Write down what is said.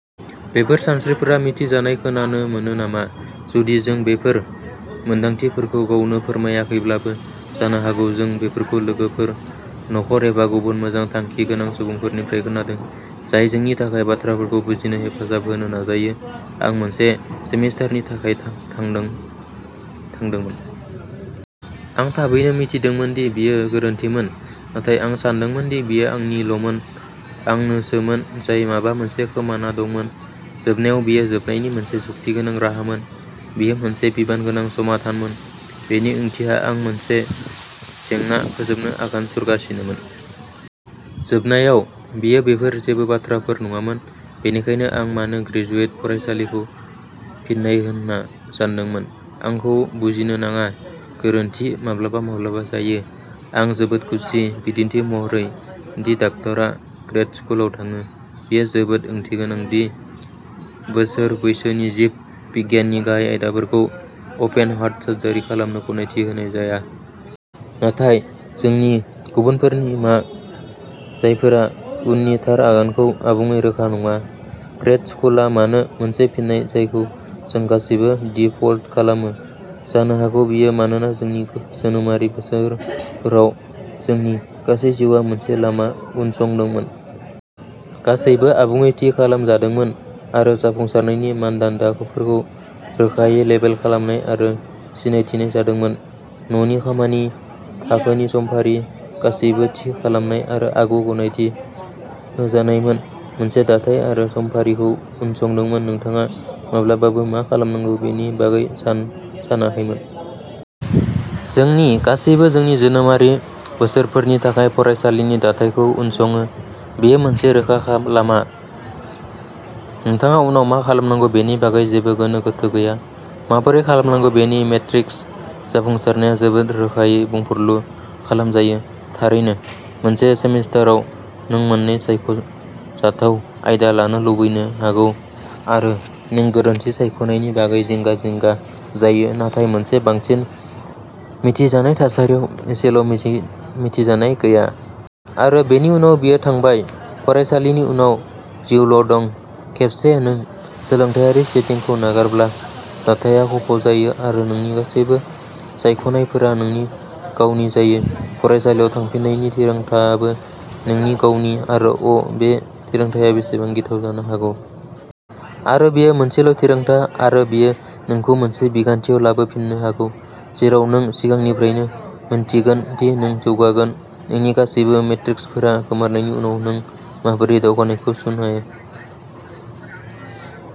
" बेफोर सानस्रिफोरा मिथिजानाय खोनानो मोनो नामा? जुदि जों बेफोर मोनदांथिफोरखौ गावनो फोरमायाखैब्लाबो, जानो हागौ जों बेफोरखौ लोगोफोर, नखर एबा गुबुन मोजां-थांखिगोनां सुबुंफोरनिफ्राय खोनादों, जाय जोंनि थाखाय बाथ्राफोरखौ बुजिनो हेफाजाब होनो नाजायो। आं मोनसे सेमिस्टारनि थाखाय थांदोंमोन। आं थाबैनो मिथिदोंमोन दि बेयो गोरोन्थिमोन, नाथाय आं सान्दोंमोन दि बेयो आंनिल'मोन। आंनोसोमोन जाय माबा मोनसे खोमाना दंमोन। जोबनायाव, बेयो जोबनायनि मोनसे जुक्तिगोनां राहामोन। बेयो मोनसे बिबानगोनां समाधानमोन। बेनि ओंथिया आं मोनसे जेंना फोजोबनो आगान सुरगासिनोमोन। जोबनायाव, बेयो बेफोर जेबो बाथ्राफोर नङामोन। बेनिखायनो आं मानो ग्रेजुवेट फरायसालिखौ फिन्नाय होनना सानदोंमोन? आंखौ बुजिनो नाङा। गोरोन्थि, माब्लाबा माब्लाबा जायो। आं जोबोद खुसि, बिदिन्थि महरै, दि डाक्टरा ग्रेद स्कुलाव थाङो। बेयो जोबोद ओंथिगोनां दि बोसोर बैसोनि जिब बिगियाननि गाहाय आयदाफोरखौ अपेन-हार्ट सार्जारि खालामनो गनायथि होनाय जाया। नाथाय, जोंनि गुबुनफोरनि मा? जायफोरा उननि "थार" आगानखौ आबुङै रोखा नङा? ग्रेद स्कुलआ मानो मोनसे फिननाय जायखौ जों गासैबो दिफल्ट खालामो? जानो हागौ बेयो मानोना जोंनि जोनोमारि बोसोरफोराव, जोंनि गासै जिउआ मोनसे लामा उनसंदोंमोन। गासैबो आबुङै थि खालामजादोंमोन आरो जाफुंसारनायनि मानदान्दाफोरखौ रोखायै लेबेल खालामनाय आरो सिनायथिनाय जादोंमोन। न'नि खामानि, थाखोनि समफारि-गासैबो थि खालामनाय आरो आगु-गनायथि होजानायमोन। मोनसे दाथाय आरो समफारिखौ उनसंदोंमोन। नोंथाङा माब्लाबाबो मा खालामनांगौ बेनि बागै सानाखैमोन। जों गासैबो जोंनि जोनोमारि बोसोरफोरनि थाखाय फरायसालिनि दाथायखौ उनसङो। बेयो मोनसे रोखा लामा। नोंथाङा उनाव मा खालामनांगौ बेनि बागै जेबो गोनो गोथो गैया। माबोरै खालामनांगौ बेनि मेट्रिक्स। जाफुंसारनाया जोबोद रोखायै बुंफुरलु खालामजायो। थारैनो, मोनसे सेमिस्टारआव नों मोननै सायख'जाथाव आयदा लानो लुबैनो हागौ आरो नों गोरोन्थि सायख'नायनि बागै जिंगा-जिंगा जायो, नाथाय मोनसे बांसिन मिथिजानाय थासारियाव इसेल'मिथिजानाय गैया। आरो बेनि उनाव बेयो थांबाय। फरायसालिनि उनाव, जिउल'दं। खेबसे नों सोलोंथायारि सेटिंखौ नागारब्ला, दाथाइया खफ'जायो आरो नोंनि गासैबो सायख'नायफोरा नोंनि गावनि जायो। फरायसालियाव थांफिननायनि थिरांथाआबो नोंनि गावनि। आरो अ ', बे थिरांथाआ बेसेबां गिथाव जानो हागौ! आरो, बेयो मोनसेल'थिरांथा, आरो बेयो नोंखौ मोनसे बिखान्थियाव लाबोफिन्नो हागौ जेराव नों सिगांनिफ्रायनो मिन्थिगोन दि नों जौगागोन। नोंनि गासैबो मेट्रिक्सफोरा गोमोरनायनि उनाव नों माबोरै दावगानायखौ सुनायो?